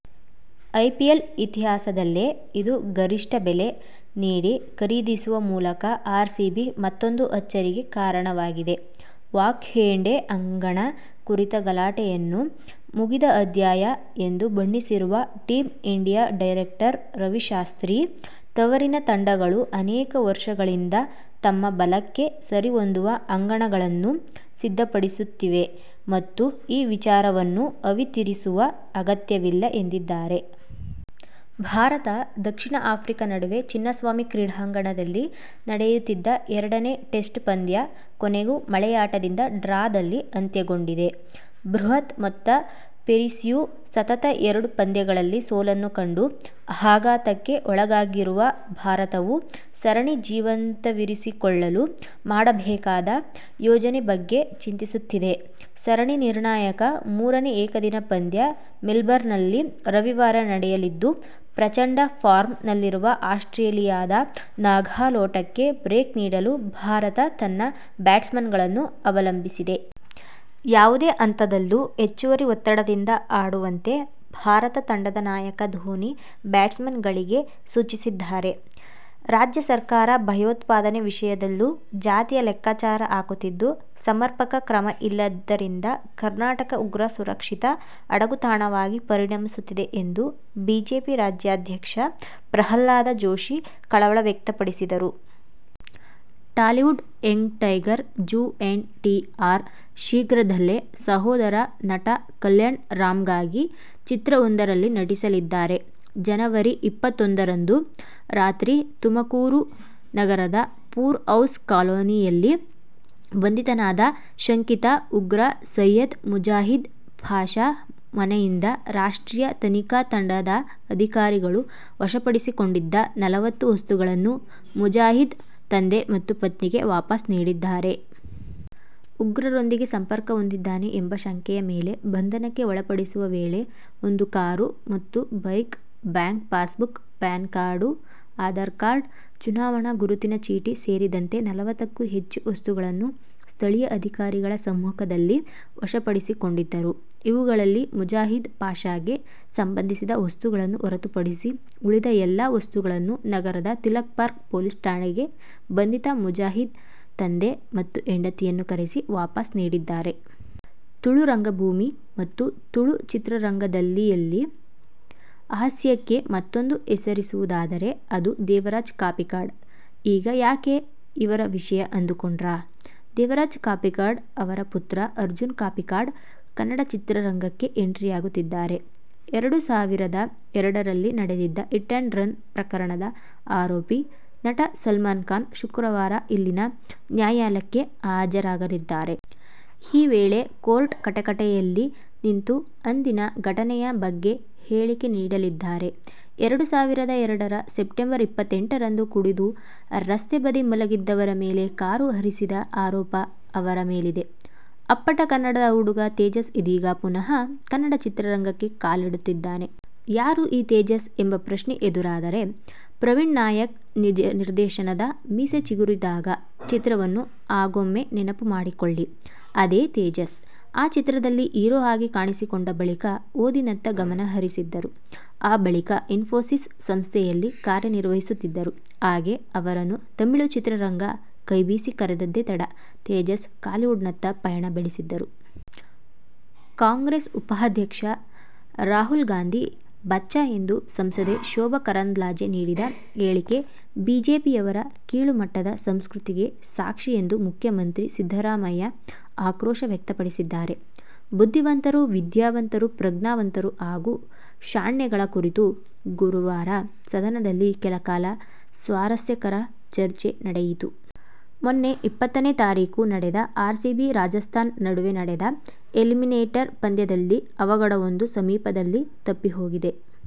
IPL ಇತಿಹಾಸದಲ್ಲೇ ಇದು ಗರಿಷ್ಠ ಬೆಲೆ. ನೀಡಿ ಖರೀದಿಸುವ ಮೂಲಕ ಆರ್ಸಿಬಿ ಮತ್ತೂಂದು ಅಚ್ಚರಿಗೆ ಕಾರಣವಾಗಿದೆ. ವಾಂಖೇಡೆ ಅಂಗಣ ಕುರಿತ ಗಲಾಟೆಯನ್ನು "ಮುಗಿದ ಅಧ್ಯಾಯ' ಎಂದು ಬಣ್ಣಿಸಿರುವ team India director Ravi Shastri, ತವರಿನ ತಂಡಗಳು ಅನೇಕ ವರ್ಷಗಳಿಂದ ತಮ್ಮ ಬಲಕ್ಕೆ ಸರಿಹೊಂದುವ ಅಂಗಣಗಳನ್ನು ಸಿದ್ಧಪಡಿಸುತ್ತಿವೆ ಮತ್ತು ಈ ವಿಚಾರವನ್ನು ಅವಿತಿರಿಸುವ ಅಗತ್ಯವಿಲ್ಲ ಎಂದಿದ್ದಾರೆ. ಭಾರತ-ದಕ್ಷಿಣ ಆಫ್ರಿಕಾ ನಡುವೆ ಚಿನ್ನಸ್ವಾಮಿ ಕ್ರೀಡಾಂಗಣದಲ್ಲಿ ನಡೆಯುತ್ತಿದ್ದ ಎರಡನೇ ಟೆಸ್ಟ್ ಪಂದ್ಯ ಕೊನೆಗೂ ಮಳೆಯಾಟದಿಂದ ಡ್ರಾದಲ್ಲಿ ಅಂತ್ಯಗೊಂಡಿದೆ. ಬೃಹತ್ ಮೊತ್ತ ಪೇರಿಸಿಯೂ ಸತತ ಎರಡು ಪಂದ್ಯಗಳಲ್ಲಿ ಸೋಲನ್ನು ಕಂಡು ಆಘಾತಕ್ಕೆ ಒಳಗಾಗಿರುವ ಭಾರತವು ಸರಣಿ ಜೀವಂತವಿರಿಸಿಕೊಳ್ಳಲು ಮಾಡಬೇಕಾದ ಯೋಜನೆ ಬಗ್ಗೆ ಚಿಂತಿಸುತ್ತಿದೆ. ಸರಣಿ ನಿರ್ಣಾಯಕ ಮೂರನೇ ಏಕದಿನ ಪಂದ್ಯ ಮೆಲ್ಬರ್ನ್ನಲ್ಲಿ ರವಿವಾರ ನಡೆಯಲಿದ್ದು ಪ್ರಚಂಡ ಫಾರ್ಮ್ ನಲ್ಲಿರುವ ಆಸ್ಟ್ರೇಲಿಯದ ನಾಗಾಲೋಟಕ್ಕೆ ಬ್ರೇಕ್ ನೀಡಲು ಭಾರತ ತನ್ನ ಬ್ಯಾಟ್ಸ್ಮನ್ಗಳನ್ನು ಅವಲಂಬಿಸಿದೆ. ಯಾವುದೇ ಹಂತದಲ್ಲೂ ಹೆಚ್ಚುವರಿ ಒತ್ತಡದಿಂದ ಆಡುವಂತೆ ಭಾರತ ತಂಡದ ನಾಯಕ ಧೋನಿ ಬ್ಯಾಟ್ಸ್ಮನ್ಗಳಿಗೆ ಸೂಚಿಸಿದ್ದಾರೆ. ರಾಜ್ಯ ಸರ್ಕಾರ ಭಯೋತ್ಪಾದನೆ ವಿಷಯದಲ್ಲೂ ಜಾತಿಯ ಲೆಕ್ಕಾಚಾರ ಹಾಕುತ್ತಿದ್ದು, ಸಮರ್ಪಕ ಕ್ರಮ ಇಲ್ಲದ್ದರಿಂದ ಕರ್ನಾಟಕ ಉಗ್ರರ ಸುರಕ್ಷಿತ ಅಡಗುತಾಣವಾಗಿ ಪರಿಣಮಿಸುತ್ತಿದೆ ಎಂದು ಬಿಜೆಪಿ ರಾಜ್ಯಾಧ್ಯಕ್ಷ ಪ್ರಹ್ಲಾದ ಜೋಶಿ ಕಳವಳ ವ್ಯಕ್ತಪಡಿಸಿದರು. ಟಾಲಿವುಡ್ ಯಂಗ್ ಟೈಗರ್ ಜೂ. ಎನ್. ಟಿ. ಆರ್ ಶೀಘ್ರದಲ್ಲೇ ಸಹೋದರ ನಟ ಕಲ್ಯಾಣ್ ರಾಮ್'ಗಾಗಿ ಚಿತ್ರವೊಂದರಲ್ಲಿ ನಟಿಸಲಿದ್ದಾರೆ. ಜನವರಿ ಇಪ್ಪತ್ತೊಂದ ರಂದು ರಾತ್ರಿ ತುಮಕೂರು ನಗರದ ಪೂರ್ ಹೌಸ್ ಕಾಲೊನಿಯಲ್ಲಿ ಬಂಧಿತನಾದ ಶಂಕಿತ ಉಗ್ರ ಸೈಯದ್ ಮುಜಾಹಿದ್ ಪಾಷ ಮನೆಯಿಂದ ರಾಷ್ಟ್ರೀಯ ತನಿಖಾ ತಂಡದ ಅಧಿಕಾರಿಗಳು ವಶಪಡಿಸಿಕೊಂಡಿದ್ದ ನಲವತ್ತು ವಸ್ತುಗಳನ್ನು ಮುಜಾಹಿದ್ ತಂದೆ ಮತ್ತು ಪತ್ನಿಗೆ ವಾಪಸ್ ನೀಡಿದ್ದಾರೆ. ಉಗ್ರರೊಂದಿಗೆ ಸಂಪರ್ಕಹೊಂದಿದ್ದಾನೆ ಎಂಬ ಶಂಕೆಯ ಮೇಲೆ ಬಂಧನಕ್ಕೆ ಒಳಪಡಿಸುವ ವೇಳೆ ಒಂದು ಕಾರು ಮತ್ತು bike, bank passbook, PAN card, Aadhaar card, ಚುನಾವಣಾ ಗುರುತಿನ ಚೀಟಿ ಸೇರಿದಂತೆ ನಲವತ್ತುಕ್ಕೂ ಹೆಚ್ಚು ವಸ್ತುಗಳನ್ನು ಸ್ಥಳೀಯ ಅಧಿಕಾರಿಗಳ ಸಮ್ಮುಖದಲ್ಲಿ ವಶಪಡಿಸಿಕೊಂಡಿದ್ದರು. ಇವುಗಳಲ್ಲಿ ಮುಜಾಹಿದ್ ಪಾಷಗೆ ಸಂಬಂಧಿಸಿದ ವಸ್ತುಗಳನ್ನು ಹೊರತುಪಡಿಸಿ ಉಳಿದ ಎಲ್ಲಾ ವಸ್ತುಗಳನ್ನು ನಗರದ ತಿಲಕ್ಪಾರ್ಕ್ ಪೊಲೀಸ್ ಠಾಣೆಗೆ ಬಂಧಿತ ಮುಜಾಹಿದ್ ತಂದೆ ಮತ್ತು ಹೆಂಡತಿಯನ್ನು ಕರೆಸಿ ವಾಪಸ್ ನೀಡಿದ್ದಾರೆ. ತುಳು ರಂಗಭೂಮಿ ಮತ್ತು ತುಳು ಚಿತ್ರರಂಗದಲ್ಲಿಯಲ್ಲಿ ಹಾಸ್ಯಕ್ಕೆ ಮತ್ತೂಂದು ಹೆಸರಿಸುವುದಾದರೆ ಅದು ದೇವರಾಜ್ ಕಾಪಿಕಾಡ್. ಈಗ ಯಾಕೆ ಇವರ ವಿಷಯ ಅಂದುಕೊಂಡ್ರಾ ದೇವರಾಜ್ ಕಾಪಿಕಾಡ್ ಅವರ ಪುತ್ರ ಅರ್ಜುನ್ ಕಾಪಿಕಾಡ್ ಕನ್ನಡ ಚಿತ್ರರಂಗಕ್ಕೆ ಎಂಟ್ರಿಯಾಗುತ್ತಿದ್ದಾರೆ. ಎರಡು ಸಾವಿರದ ಎರಡರಲ್ಲಿ ನಡೆದಿದ್ದ ಹಿಟ್ ಅಂಡ್ ರನ್ ಪ್ರಕರಣದ ಆರೋಪಿ, ನಟ ಸಲ್ಮಾನ್ಖಾನ್ ಶುಕ್ರವಾರ ಇಲ್ಲಿನ ನ್ಯಾಯಾಲಯಕ್ಕೆ ಹಾಜರಾಗಲಿದ್ದಾರೆ. ಈ ವೇಳೆ ಕೋರ್ಟ್ನ ಕಟಕಟೆಯಲ್ಲಿ ನಿಂತು ಅಂದಿನ ಘಟನೆಯ ಬಗ್ಗೆ ಹೇಳಿಕೆ ನೀಡಲಿದ್ದಾರೆ. ಎರಡು ಸಾವಿರದ ಎರಡರ ಸೆಪ್ಟಂಬರ್ ಇಪ್ಪತ್ತೆಂಟರಂದು ಕುಡಿದು ರಸ್ತೆ ಬದಿ ಮಲಗಿದ್ದವರ ಮೇಲೆ ಕಾರು ಹರಿಸಿದ ಆರೋಪ ಅವರ ಮೇಲಿದೆ. ಅಪ್ಪಟ ಕನ್ನಡದ ಹುಡುಗ ತೇಜಸ್ ಇದೀಗ ಪುನಃ ಕನ್ನಡ ಚಿತ್ರರಂಗಕ್ಕೆ ಕಾಲಿಡುತ್ತಿದ್ದಾನೆ. ಯಾರು ಈ ತೇಜಸ್ ಎಂಬ ಪ್ರಶ್ನೆ ಎದುರಾದರೆ, ಪ್ರವೀಣ್ನಾಯಕ್ ನಿರ್ದೇಶನದ "ಮೀಸೆ ಚಿಗುರಿದಾಗ' ಚಿತ್ರವನ್ನು ಹಾಗೊಮ್ಮೆ ನೆನಪು ಮಾಡಿಕೊಳ್ಳಿ. ಅದೇ ತೇಜಸ್, ಆ ಚಿತ್ರದಲ್ಲಿ ಹೀರೋ ಆಗಿ ಕಾಣಿಸಿಕೊಂಡ ಬಳಿಕ ಓದಿನತ್ತ ಗಮನ ಹರಿಸಿದ್ದರು. ಆ ಬಳಿಕ ಇನ್ಫೋಸಿಸ್ ಸಂಸ್ಥೆಯಲ್ಲಿ ಕಾರ್ಯನಿರ್ವಹಿಸಿದ್ದರು. ಹಾಗೇ ಅವರನ್ನು ತಮಿಳು ಚಿತ್ರರಂಗ ಕೈ ಬೀಸಿ ಕರೆದಿದ್ದೇ ತಡ, ತೇಜಸ್ ಕಾಲಿವುಡ್ನತ್ತ ಪಯಣ ಬೆಳೆಸಿದ್ದರು. ಕಾಂಗ್ರೆಸ್ ಉಪಾಧ್ಯಕ್ಷ ರಾಹುಲ್ ಗಾಂಧಿ ಬಚ್ಚಾ ಎಂದು ಸಂಸದೆ ಶೋಭಾ ಕರಂದ್ಲಾಜೆ ನೀಡಿದ ಹೇಳಿಕೆ ಬಿಜೆಪಿಯವರ ಕೀಳು ಮಟ್ಟದ ಸಂಸ್ಕೃತಿಗೆ ಸಾಕ್ಷಿ ಎಂದು ಮುಖ್ಯಮಂತ್ರಿ ಸಿದ್ದರಾಮಯ್ಯ ಆಕ್ರೋಶ ವ್ಯಕ್ತಪಡಿಸಿದ್ದಾರೆ. "ಬುದ್ಧಿವಂತರು, ವಿದ್ಯಾವಂತರು, ಪ್ರಜ್ಞಾವಂತರು ಹಾಗೂ ಶಾಣ್ಯಾಗಳ ಕುರಿತು ಗುರುವಾರ ಸದನದಲ್ಲಿ ಕೆಲಕಾಲ ಸ್ವಾರಸ್ಯಕರ ಚರ್ಚೆ ನಡೆಯಿತು. ಮೊನ್ನೆ ಇಪ್ಪತ್ತನೇ ತಾರೀಖು ನಡೆದ ಆರ್ಸಿಬಿ-ರಾಜಸ್ಥಾನ್ ನಡುವೆ ನಡೆದ ಎಲಿಮಿನೇಟರ್ ಪಂದ್ಯದಲ್ಲಿ ಅವಘಡವೊಂದು ಸಮೀಪದಲ್ಲಿ ತಪ್ಪಿಹೋಗಿದೆ.